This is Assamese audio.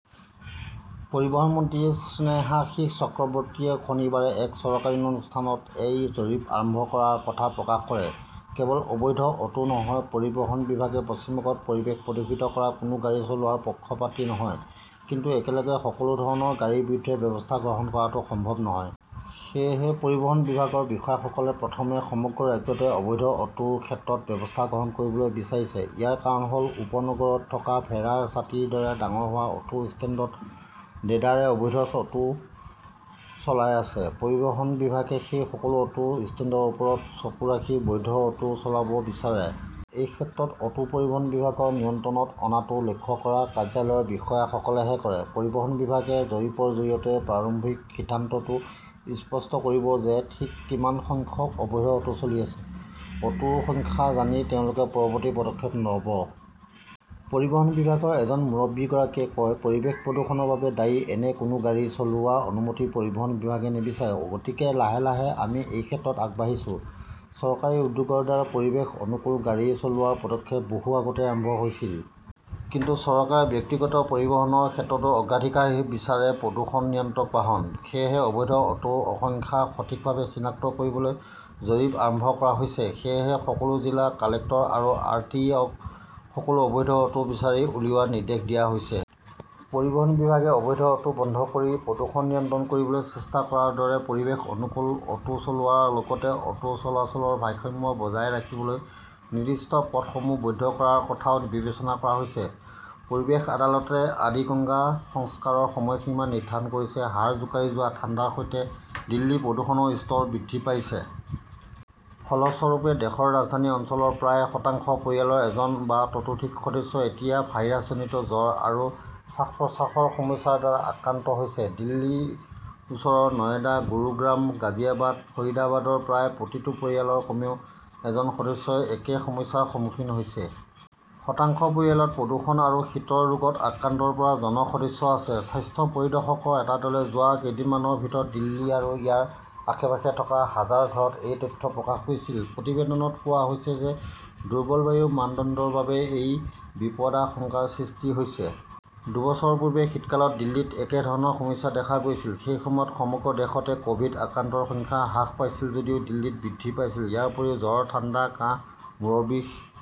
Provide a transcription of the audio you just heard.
পৰিবহণ মন্ত্ৰী স্নেহাশীষ চক্ৰৱৰ্তীয়ে শনিবাৰে এক চৰকাৰী অনুষ্ঠানত এই জৰীপ আৰম্ভ কৰাৰ কথা প্ৰকাশ কৰে। কেৱল অবৈধ অটো নহয়, পৰিবহণ বিভাগে পশ্চিম বংগত পৰিৱেশ প্ৰদূষিত কৰা কোনো গাড়ী চলোৱাৰ পক্ষপাতী নহয়। কিন্তু একেলগে সকলো ধৰণৰ গাড়ীৰ বিৰুদ্ধে ব্যৱস্থা গ্ৰহণ কৰাটো সম্ভৱ নহয়। সেয়েহে, পৰিবহণ বিভাগৰ বিষয়াসকলে প্ৰথমে সমগ্ৰ ৰাজ্যতে অবৈধ অটোৰ ক্ষেত্ৰত ব্যৱস্থা গ্ৰহণ কৰিবলৈ বিচাৰিছে। ইয়াৰ কাৰণ হ "ল উপনগৰত থকা ভেড়াৰ ছাতিৰ দৰে ডাঙৰ হোৱা অটো ষ্টেণ্ডত দেদাৰে অবৈধ অটো চলাই আছে। পৰিবহণ বিভাগে সেই সকলো অটো ষ্টেণ্ডৰ ওপৰত চকু ৰাখি বৈধ অটো চলাব বিচাৰে। এই ক্ষেত্ৰত অটো পৰিবহণ বিভাগৰ নিয়ন্ত্ৰণত অনাটোও লক্ষ্য কৰা কাৰ্যালয়ৰ বিষয়াসকলেহে কৰে। পৰিবহণ বিভাগে জৰীপৰ জৰিয়তে প্ৰাৰম্ভিক সিদ্ধান্তটো স্পষ্ট কৰিব যে ঠিক কিমান সংখ্যক অবৈধ অটো চলি আছে। অটোৰ সংখ্যা জানি তেওঁলোকে পৰৱৰ্তী পদক্ষেপ ল "ব। পৰিবহণ বিভাগৰ এজন মুৰব্বীগৰাকীয়ে কয়, "পৰিৱেশ প্ৰদূষণৰ বাবে দায়ী এনে কোনো গাড়ী চলোৱাৰ অনুমতি পৰিবহণ বিভাগে নিবিচাৰে। গতিকে লাহে লাহে আমি এই ক্ষেত্ৰত আগবাঢ়িছো। চৰকাৰী উদ্যোগৰ দ্বাৰা পৰিৱেশ অনুকূল গাড়ী চলোৱাৰ পদক্ষেপ বহু আগতেই আৰম্ভ হৈছিল। কিন্তু চৰকাৰে ব্যক্তিগত পৰিবহণৰ ক্ষেত্ৰতো অগ্ৰাধিকাৰ বিচাৰে-প্ৰদূষণ নিয়ন্ত্ৰক বাহন। সেয়েহে অবৈধ অটোৰ সংখ্যা সঠিকভাৱে চিনাক্ত কৰিবলৈ জৰীপ আৰম্ভ কৰা হৈছে। "সেয়েহে সকলো জিলা কালেক্টৰ আৰু আৰ. টি. অ". ক সকলো অবৈধ অটো বিচাৰি উলিওৱাৰ নিৰ্দেশ দিয়া হৈছে। পৰিবহণ বিভাগে অবৈধ অটো বন্ধ কৰি প্ৰদূষণ নিয়ন্ত্ৰণ কৰিবলৈ চেষ্টা কৰাৰ দৰে পৰিৱেশ-অনুকূল অটো চলোৱাৰ লগতে অটো চলাচলৰ ভাৰসাম্য বজাই ৰাখিবলৈ নিৰ্দিষ্ট পথসমূহ বৈধ কৰাৰ কথাও বিবেচনা কৰা হৈছে। পৰিৱেশ আদালতে আদিগঙ্গা সংস্কাৰৰ সময়সীমা নিৰ্ধাৰণ কৰিছে হাড় জোকাৰি যোৱা ঠাণ্ডাৰ সৈতে দিল্লীৰ প্ৰদূষণৰ স্তৰ বৃদ্ধি পাইছে। ফলস্বৰূপে, দেশৰ ৰাজধানী অঞ্চলৰ প্ৰায় শতাংশ পৰিয়ালৰ এজন বা ততোধিক সদস্য এতিয়া ভাইৰাছজনিত জ্বৰ আৰু শ্বাস-প্ৰশ্বাসৰ সমস্যাৰ দ্বাৰা আক্ৰান্ত হৈছে। দিল্লীৰ ওচৰৰ নয়ডা, গুৰুগ্ৰাম, গাজিয়াবাদ, ফৰিদাবাদৰ প্ৰায় প্ৰতিটো পৰিয়ালৰ কমেও এজন সদস্যই একে সমস্যাৰ সন্মুখীন হৈছে। শতাংশ পৰিয়ালত প্ৰদূষণ আৰু শীতৰ ৰোগত আক্ৰান্ত ৰ পৰা জন সদস্য আছে। স্বাস্থ্য পৰিদৰ্শকৰ এটা দলে যোৱা কেইদিনমানৰ ভিতৰত দিল্লী আৰু ইয়াৰ আশে-পাশে থকা হাজাৰ ঘৰত এই তথ্য প্ৰকাশ কৰিছিল। প্ৰতিবেদনত কোৱা হৈছে যে দুৰ্বল বায়ুৰ মানদণ্ডৰ বাবেই এই বিপদাশংকাৰ সৃষ্টি হৈছে। দুবছৰ পূৰ্বে শীতকালত দিল্লীত একে ধৰণৰ সমস্যা দেখা গৈছিল। সেই সময়ত সমগ্ৰ দেশতে ক "ভিড আক্ৰান্তৰ সংখ্যা হ্ৰাস পাইছিল যদিও দিল্লীত বৃদ্ধি পাইছিল। ইয়াৰ উপৰিও জ্বৰ, ঠাণ্ডা, কাহ, মূৰৰ বিষ,